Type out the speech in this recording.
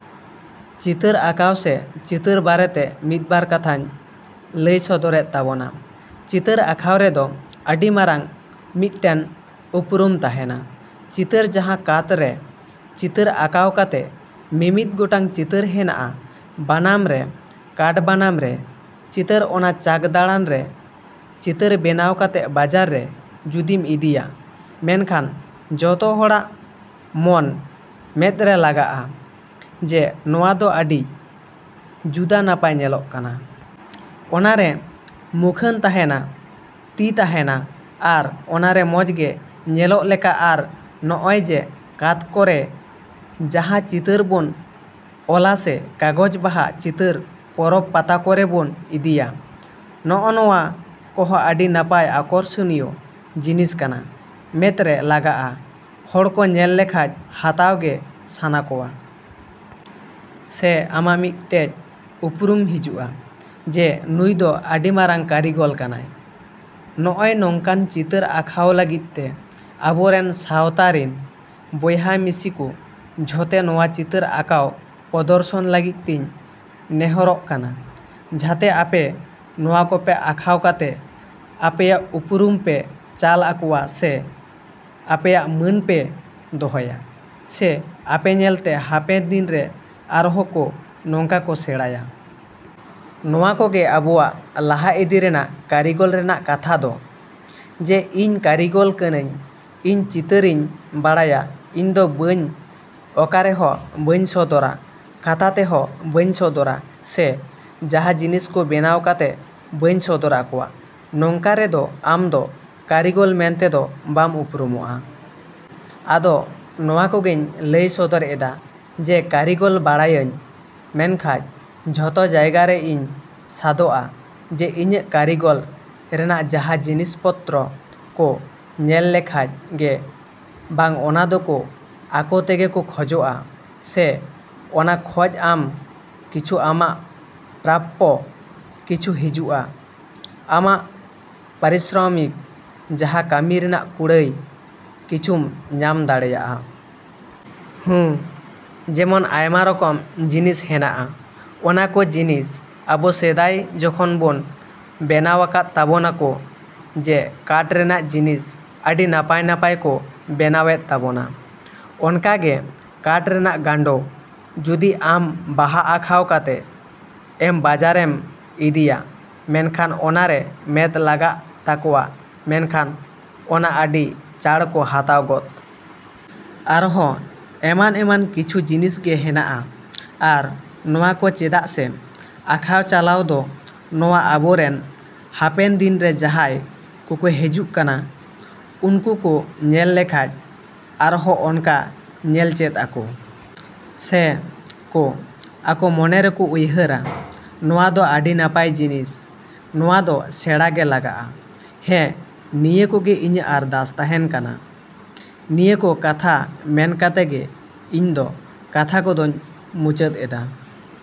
ᱪᱤᱛᱟᱹᱨ ᱟᱸᱠᱟᱣ ᱥᱮ ᱪᱤᱛᱟᱹᱨ ᱵᱟᱨᱮᱛᱮ ᱢᱤᱫ ᱵᱟᱨ ᱠᱟᱛᱷᱟᱧ ᱞᱟᱹᱭ ᱥᱚᱫᱚᱨᱮᱫ ᱛᱟᱵᱚᱱᱟ᱾ ᱪᱤᱛᱟᱹᱨ ᱟᱸᱠᱷᱟᱣ ᱨᱮᱫᱚ ᱟᱹᱰᱤ ᱢᱟᱨᱟᱝ ᱢᱤᱫᱴᱮᱱ ᱩᱯᱨᱩᱢ ᱛᱟᱦᱮᱱᱟ᱾ ᱪᱤᱛᱟᱹᱨ ᱡᱟᱸᱦᱟ ᱠᱟᱸᱛ ᱨᱮ ᱪᱤᱛᱟᱹᱨ ᱟᱸᱠᱟᱣ ᱠᱟᱛᱮ ᱢᱤᱢᱤᱫ ᱜᱚᱴᱟᱝ ᱪᱤᱛᱟᱹᱨ ᱦᱮᱱᱟᱜᱼᱟ ᱵᱟᱱᱟᱢ ᱨᱮ ᱠᱟᱴ ᱵᱟᱱᱟᱢ ᱨᱮ ᱪᱤᱛᱟᱹᱨ ᱚᱱᱟ ᱪᱟᱸᱠ ᱫᱟᱲᱟᱝ ᱨᱮ ᱪᱤᱛᱟᱹᱨ ᱵᱮᱱᱟᱣ ᱠᱟᱛᱮ ᱵᱟᱡᱟᱨ ᱨᱮ ᱡᱩᱫᱤᱢ ᱤᱫᱤᱭᱟ ᱢᱮᱱᱠᱷᱟᱱ ᱡᱚᱛᱚ ᱦᱚᱲᱟᱜ ᱢᱚᱱ ᱢᱮᱸᱫ ᱨᱮ ᱞᱟᱜᱟᱜᱼᱟ ᱡᱮ ᱱᱚᱣᱟ ᱫᱚ ᱟᱹᱰᱤ ᱡᱩᱫᱟ ᱱᱟᱯᱟᱭ ᱧᱮᱞᱚᱜ ᱠᱟᱱᱟ᱾ ᱚᱱᱟ ᱨᱮ ᱢᱩᱠᱷᱟᱹᱱ ᱛᱟᱦᱮᱱᱟ ᱛᱤ ᱛᱟᱦᱮᱱᱟ ᱟᱨ ᱚᱱᱟᱨᱮ ᱢᱚᱡᱽ ᱜᱮ ᱧᱮᱞᱚᱜ ᱞᱮᱠᱟ ᱟᱨ ᱱᱚᱜᱼᱚᱭ ᱡᱮ ᱠᱟᱸᱛ ᱠᱚᱨᱮ ᱡᱟᱦᱟᱸ ᱪᱤᱛᱟᱹᱨ ᱵᱚᱱ ᱚᱞᱟ ᱥᱮ ᱠᱟᱜᱚᱡ ᱵᱟᱦᱟ ᱪᱤᱛᱟᱹᱨ ᱯᱚᱨᱚᱵ ᱯᱟᱛᱟ ᱠᱚᱨᱮ ᱵᱚᱱ ᱤᱫᱤᱭᱟ᱾ ᱱᱚᱜᱼᱚ ᱱᱚᱣᱟ ᱠᱚ ᱦᱚᱸ ᱟᱹᱰᱤ ᱱᱟᱯᱟᱭ ᱟᱠᱚᱨᱥᱚᱱᱤᱭᱚ ᱡᱤᱱᱤᱥ ᱠᱟᱱᱟ ᱢᱮᱸᱫ ᱨᱮ ᱞᱟᱜᱟᱜᱼᱟ ᱦᱚᱲ ᱠᱚ ᱧᱮᱞ ᱞᱮᱠᱷᱟᱡ ᱦᱟᱛᱟᱣ ᱜᱮ ᱥᱟᱱᱟ ᱠᱚᱣᱟ᱾ ᱥᱮ ᱟᱢᱟᱜ ᱢᱤᱫᱴᱮᱡ ᱩᱯᱨᱩᱢ ᱦᱤᱡᱩᱜᱼᱟ ᱡᱮ ᱱᱩᱭ ᱫᱚ ᱟᱹᱰᱤ ᱢᱟᱨᱟᱝ ᱠᱟᱹᱨᱤᱜᱚᱞ ᱠᱟᱱᱟᱭ᱾ ᱱᱚᱜᱼᱚᱭ ᱱᱚᱝᱠᱟᱱ ᱪᱤᱛᱟᱹᱨ ᱟᱸᱠᱷᱟᱣ ᱞᱟᱹᱜᱤᱫ ᱛᱮ ᱟᱵᱚ ᱨᱮᱱ ᱥᱟᱶᱛᱟ ᱨᱤᱱ ᱵᱚᱭᱦᱟ ᱢᱤᱥᱤ ᱠᱚ ᱡᱟᱛᱷᱮ ᱱᱚᱣᱟ ᱪᱤᱛᱟᱹᱨ ᱟᱸᱠᱟᱣ ᱯᱚᱫᱚᱨᱥᱚᱱ ᱞᱟᱹᱜᱤᱫ ᱛᱮᱧ ᱱᱮᱦᱚᱨᱚᱜ ᱠᱟᱱᱟ ᱡᱟᱛᱷᱮ ᱟᱯᱮ ᱱᱚᱣᱟ ᱠᱚᱯᱮ ᱟᱸᱠᱷᱟᱣ ᱠᱟᱛᱮ ᱟᱯᱮᱭᱟᱜ ᱩᱯᱨᱩᱢ ᱯᱮ ᱪᱟᱞ ᱟᱠᱚᱣᱟ ᱥᱮ ᱟᱯᱮᱭᱟᱜ ᱢᱟᱹᱱ ᱯᱮ ᱫᱚᱦᱚᱭᱟ ᱥᱮ ᱟᱯᱮ ᱧᱮᱞᱛᱮ ᱦᱟᱯᱮᱱ ᱫᱤᱱ ᱨᱮ ᱟᱨᱦᱚ ᱠᱚ ᱱᱚᱝᱠᱟ ᱠᱚ ᱥᱮᱬᱟᱭᱟ᱾ ᱱᱚᱣᱟ ᱠᱚᱜᱮ ᱟᱵᱚᱣᱟᱜ ᱞᱟᱦᱟ ᱤᱫᱤ ᱨᱮᱱᱟᱜ ᱠᱟᱹᱨᱤᱜᱚᱞ ᱨᱮᱱᱟᱜ ᱠᱟᱛᱷᱟ ᱫᱚ᱾ ᱡᱮ ᱤᱧ ᱠᱟᱹᱨᱤᱜᱚᱞ ᱠᱟᱹᱱᱟᱹᱧ ᱤᱧ ᱪᱤᱛᱟᱹᱨᱤᱧ ᱵᱟᱲᱟᱭᱟ ᱤᱧᱫᱚ ᱵᱟᱹᱧ ᱚᱠᱟ ᱨᱮᱦᱚᱸ ᱵᱟᱹᱧ ᱥᱚᱫᱚᱨᱟ ᱠᱟᱛᱷᱟ ᱛᱮᱦᱚᱸ ᱵᱟᱹᱧ ᱥᱚᱫᱚᱨᱟ ᱥᱮ ᱡᱟᱦᱟᱸ ᱡᱤᱱᱤᱥ ᱠᱚ ᱵᱮᱱᱟᱣ ᱠᱟᱛᱮ ᱵᱟᱹᱧ ᱥᱚᱫᱚᱨ ᱟᱠᱚᱣᱟ ᱱᱚᱝᱠᱟ ᱨᱮᱫᱚ ᱟᱢᱫᱚ ᱠᱟᱹᱨᱤᱜᱚᱞ ᱢᱮᱱᱛᱮ ᱫᱚ ᱵᱟᱢ ᱩᱯᱨᱩᱢᱚᱜᱼᱟ᱾ ᱟᱫᱚ ᱱᱚᱣᱟ ᱠᱚᱜᱤᱧ ᱞᱟᱹᱭ ᱥᱚᱫᱚᱨ ᱮᱫᱟ ᱡᱮ ᱠᱟᱹᱨᱤᱜᱚᱞ ᱵᱟᱲᱟᱭᱟᱹᱧ ᱢᱮᱱᱠᱷᱟᱡ ᱡᱚᱛᱚ ᱡᱟᱭᱜᱟ ᱨᱤᱧ ᱥᱟᱫᱚᱜᱼᱟ ᱡᱮ ᱤᱧᱟᱹᱜ ᱠᱟᱹᱨᱤᱜᱚᱞ ᱨᱮᱱᱟᱜ ᱡᱟᱦᱟᱸ ᱡᱤᱱᱤᱥ ᱯᱚᱛᱨᱚ ᱠᱚ ᱧᱮᱞ ᱞᱮᱠᱷᱟᱡ ᱜᱮ ᱵᱟᱝ ᱚᱱᱟ ᱫᱚᱠᱚ ᱟᱠᱚ ᱛᱮᱜᱮ ᱠᱚ ᱠᱷᱚᱡᱚᱜᱼᱟ ᱥᱮ ᱚᱱᱟ ᱠᱷᱚᱡ ᱟᱢ ᱠᱤᱪᱷᱩᱢ ᱟᱢᱟᱜ ᱯᱨᱟᱯᱯᱚ ᱠᱤᱪᱷᱩ ᱦᱤᱡᱩᱜᱼᱟ ᱟᱢᱟᱜ ᱯᱟᱨᱤᱥᱨᱚᱢᱤᱠ ᱡᱟᱦᱟᱸ ᱠᱟᱹᱢᱤ ᱨᱮᱱᱟᱜ ᱠᱩᱲᱟᱹᱭ ᱠᱤᱪᱷᱩᱢ ᱧᱟᱢ ᱫᱟᱲᱮᱭᱟᱜᱼᱟ᱾ ᱦᱩᱸ ᱡᱮᱢᱚᱱ ᱟᱭᱢᱟ ᱨᱚᱠᱚᱢ ᱡᱤᱱᱤᱥ ᱦᱮᱱᱟᱜᱼᱟ ᱚᱱᱟ ᱠᱚ ᱡᱤᱱᱤᱥ ᱟᱵᱚ ᱥᱮᱫᱟᱭ ᱡᱚᱠᱷᱚᱱ ᱵᱚᱱ ᱵᱮᱱᱟᱣᱟᱠᱟᱫ ᱛᱟᱵᱚᱱᱟ ᱠᱚ ᱡᱮ ᱠᱟᱴ ᱨᱮᱱᱟᱜ ᱡᱤᱱᱤᱥ ᱟᱹᱰᱤ ᱱᱟᱯᱟᱭ ᱱᱟᱯᱟᱭ ᱠᱚ ᱵᱮᱱᱟᱣ ᱮᱫ ᱛᱟᱵᱚᱱᱟ᱾ ᱚᱱᱠᱟ ᱜᱮ ᱠᱟᱴ ᱨᱮᱱᱟᱜ ᱜᱟᱸᱰᱚ ᱡᱩᱫᱤ ᱟᱢ ᱵᱟᱦᱟ ᱟᱸᱠᱷᱟᱣ ᱠᱟᱛᱮ ᱮᱢ ᱵᱟᱡᱟᱨᱮᱢ ᱤᱫᱤᱭᱟ ᱢᱮᱱᱠᱷᱟᱱ ᱚᱱᱟ ᱨᱮ ᱢᱮᱸᱫ ᱞᱟᱜᱟᱜ ᱛᱟᱠᱚᱣᱟ ᱢᱮᱱᱠᱷᱟᱱ ᱚᱱᱟ ᱟᱹᱰᱤ ᱪᱟᱬ ᱠᱚ ᱦᱟᱛᱟᱣ ᱜᱚᱫ᱾ ᱟᱨᱦᱚ ᱮᱢᱟᱱ ᱮᱢᱟᱱ ᱠᱤᱪᱷᱩ ᱡᱤᱱᱤᱥ ᱜᱮ ᱦᱮᱱᱟᱜᱼᱟ ᱟᱨ ᱱᱚᱣᱟ ᱠᱚ ᱪᱮᱫᱟᱜ ᱥᱮ ᱟᱸᱠᱷᱟᱣ ᱪᱟᱞᱟᱣ ᱫᱚ ᱱᱚᱣᱟ ᱟᱵᱚ ᱨᱮᱱ ᱦᱟᱯᱮᱱ ᱫᱤᱱ ᱨᱮ ᱡᱟᱦᱟᱭ ᱠᱚᱠᱚ ᱦᱤᱡᱩᱜ ᱠᱟᱱᱟ ᱩᱱᱠᱩ ᱠᱚ ᱧᱮᱞ ᱞᱮᱠᱷᱟᱡ ᱟᱨᱦᱚ ᱚᱱᱠᱟ ᱧᱮᱞ ᱪᱮᱫ ᱟᱠᱚ᱾ ᱥᱮ ᱠᱚ ᱟᱠᱚ ᱢᱚᱱᱮ ᱨᱮᱠᱚ ᱩᱭᱦᱟᱹᱨᱟ ᱱᱚᱣᱟ ᱫᱚ ᱟᱹᱰᱤ ᱱᱟᱯᱟᱭ ᱡᱤᱱᱤᱥ ᱱᱚᱣᱟ ᱫᱚ ᱥᱮᱬᱟ ᱜᱮ ᱞᱟᱜᱟᱜᱼᱟ᱾ ᱦᱮᱸ ᱱᱤᱭᱟᱹ ᱠᱚ ᱜᱮ ᱤᱧᱟᱹᱜ ᱟᱨᱫᱟᱥ ᱛᱟᱦᱮᱱ ᱠᱟᱱᱟ ᱱᱤᱭᱟᱹ ᱠᱚ ᱠᱟᱛᱷᱟ ᱢᱮᱱ ᱠᱟᱛᱮ ᱜᱮ ᱤᱧ ᱫᱚ ᱠᱟᱛᱷᱟ ᱠᱚᱫᱚᱧ ᱢᱩᱪᱟᱹᱫ ᱮᱫᱟ᱾